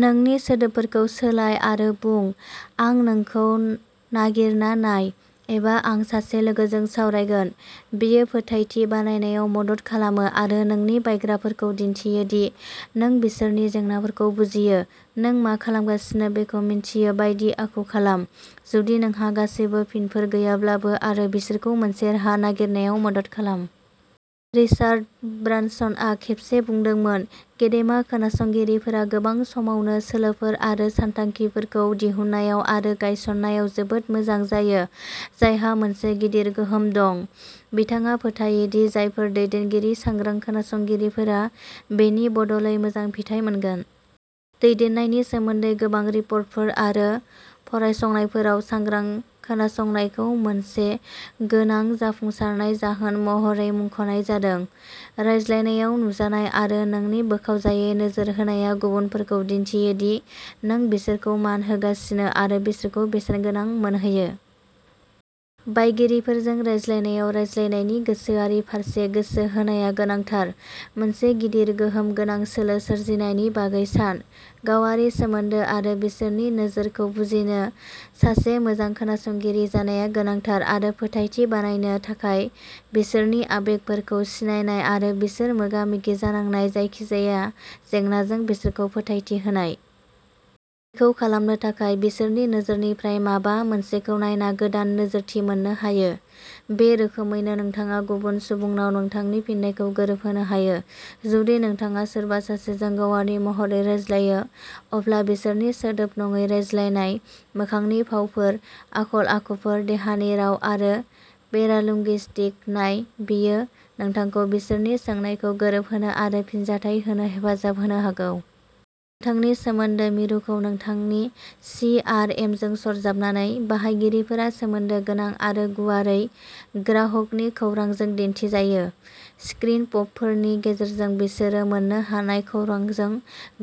नोंनि सोदोबफोरखौ सोलाय आरो बुं, "आं नोंखौ नागिरना नाय" एबा "आं सासे लोगोजों सावरायगोन।" बेयो फोथायथि बानायनायाव मदद खालामो आरो नोंनि बायग्राफोरखौ दिन्थियो दि नों बिसोरनि जेंनाफोरखौ बुजियो। नों मा खालामगासिनो बेखौ मिन्थियो बायदि आखु खालाम, जुदि नोंहा गासैबो फिनफोर गैयाब्लाबो आरो बिसोरखौ मोनसे राहा नागिरनायाव मदद खालाम। रिचार्ड ब्रानसनआ खेबसे बुंदोंमोन, "गेदेमा खोनासंगिरिफोरा गोबां समावनो सोलोफोर आरो सानथांखिफोरखौ दिहुननायाव आरो गायसननायाव जोबोद मोजां जायो जायहा मोनसे गिदिर गोहोम दं।" बिथाङा फोथायो दि जायफोरा दैदेनगिरि सांग्रां खोनासंगिरिफोरा बेनि बदलै मोजां फिथाय मोनगोन। दैदेननायनि सोमोन्दै गोबां रिपर्टफोर आरो फरायसंनायफोराव, सांग्रां खोनासंनायखौ मोनसे गोनां जाफुंसारनाय जाहोन महरै मुंख'नाय जादों। रायज्लायनायाव नुजानाय आरो नोंनि बोखावजायै नोजोर होनाया गुबुनफोरखौ दिन्थियो दि नों बिसोरखौ मान होगासिनो आरो बिसोरखौ बेसेनगोनां मोनहोयो। बायगिरिफोरजों रायज्लायनायाव, रायज्लायनायनि गोसोआरि फारसे गोसो होनाया गोनांथार। मोनसे गिदिर गोहोम गोनां सोलो सोरजिनायनि बागै सान। गावारि सोमोन्दो आरो बिसोरनि नोजोरखौ बुजिनो। सासे मोजां खोनासंगिरि जानाया गोनांथार आरो फोथायथि बानायनो थाखाय बिसोरनि आबेगफोरखौ सिनायनाय आरो बिसोर मोगा-मोगि जानांनाय जायखिजाया जेंनाजों बिसोरखौ फोथायथि होनाय। बेखौ खालामनो थाखाय, बिसोरनि नोजोरनिफ्राय माबा मोनसेखौ नायना गोदान नोजोरथि मोन्नो हायो। बे रोखोमैनो नोंथाङा गुबुन सुबुंनाव नोंथांनि फिननायखौ गोरोबहोनो हायो। जुदि नोंथाङा सोरबा सासेजों गावारि महरै रायज्लायो, अब्ला बिसोरनि सोदोब नङै रायज्लायनाय मोखांनि भावफोर, आखल-आखुफोर, देहानि राव आरो पेरालिंगुइस्टिक नाय बेयो नोंथांखौ बिसोरनि सोंनायखौ गोरोबहोनो आरो फिनजाथाय होनो हेफाजाब होनो हागौ। नोंथांनि सोमोन्दो मिरुखौ नोंथांनि चि आर एमजों सरजाबनानै, बाहायगिरिफोरा सोमोन्दो गोनां आरो गुवारै ग्राहकनि खौरांजों दिन्थिजायो। स्क्रिन पपफोरनि गेजेरजों बिसोरो मोन्नो हानाय खौरांजों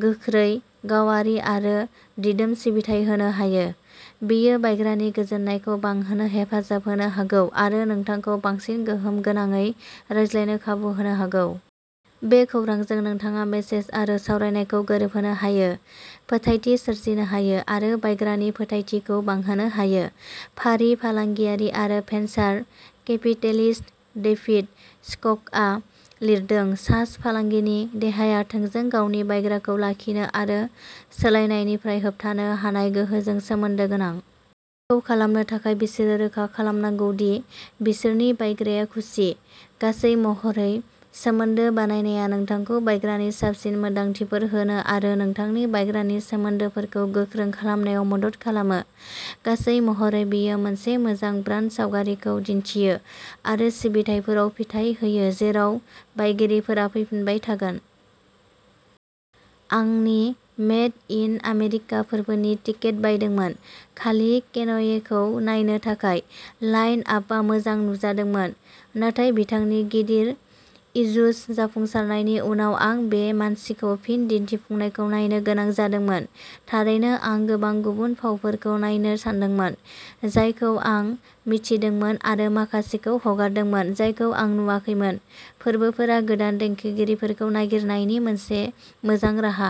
गोख्रै, गावारि आरो दिदोम सिबिथाइ होनो हायो। बेयो बायग्रानि गोजोननायखौ बांहोनो हेफाजाब होनो हागौ आरो नोंथांखौ बांसिन गोहोम गोनांयै रायज्लायनो खाबु होनो हागौ। बे खौरांजों, नोंथाङा मेसेज आरो सावरायनायखौ गोरोबहोनो हायो, फोथायथि सोरजिनो हायो आरो बायग्रानि फोथायथिखौ बांहोनो हायो। फारि फालांगियारि आरो भेन्सार केपिटेलिस्ट, डेभिड स्क'कआ लिरदों, "सास फालांगिनि देहाया थोंजों गावनि बायग्राखौ लाखिनो आरो सोलायनायनिफ्राय होबथानो हानाय गोहोजों सोमोन्दो गोनां। बेखौ खालामनो थाखाय, बिसोरो रोखा खालामनांगौ दि बिसोरनि बायग्राया खुसि।" गासै महरै, सोमोन्दो बानायनाया नोंथांखौ बायग्रानि साबसिन मोनदांथिफोर होनो आरो नोंथांनि बायग्रानि सोमोन्दोफोरखौ गोख्रों खालामनायाव मदद खालामो। गासै महरै, बेयो मोनसे मोजां ब्रान्ड सावगारिखौ दिन्थियो आरो सिबिथाइफोराव फिथाय होयो जेराव बायगिरिफोरा फैफिनबाय थागोन। आं नि मेड इन आमेरिका फोरबोनि टिकेट बायदोंमोन खालि केनयेखौ नायनो थाखाय। लाइन-आपआ मोजां नुजादोंमोन, नाथाय बिथांनि गिदिर यीजुस जाफुंसारनायनि उनाव आं बे मानसिखौ फिन दिन्थिफुंनायखौ नायनो गोनां जादोंमोन। थारैनो आं गोबां गुबुन फावफोरखौ नायनो सानदोंमोन, जायखौ आं मिथिदोंमोन आरो माखासेखौ हगारदोंमोन जायखौ आं नुवाखैमोन। फोरबोफोरा गोदान देंखोगिरिफोरखौ नागिरनायनि मोनसे मोजां राहा।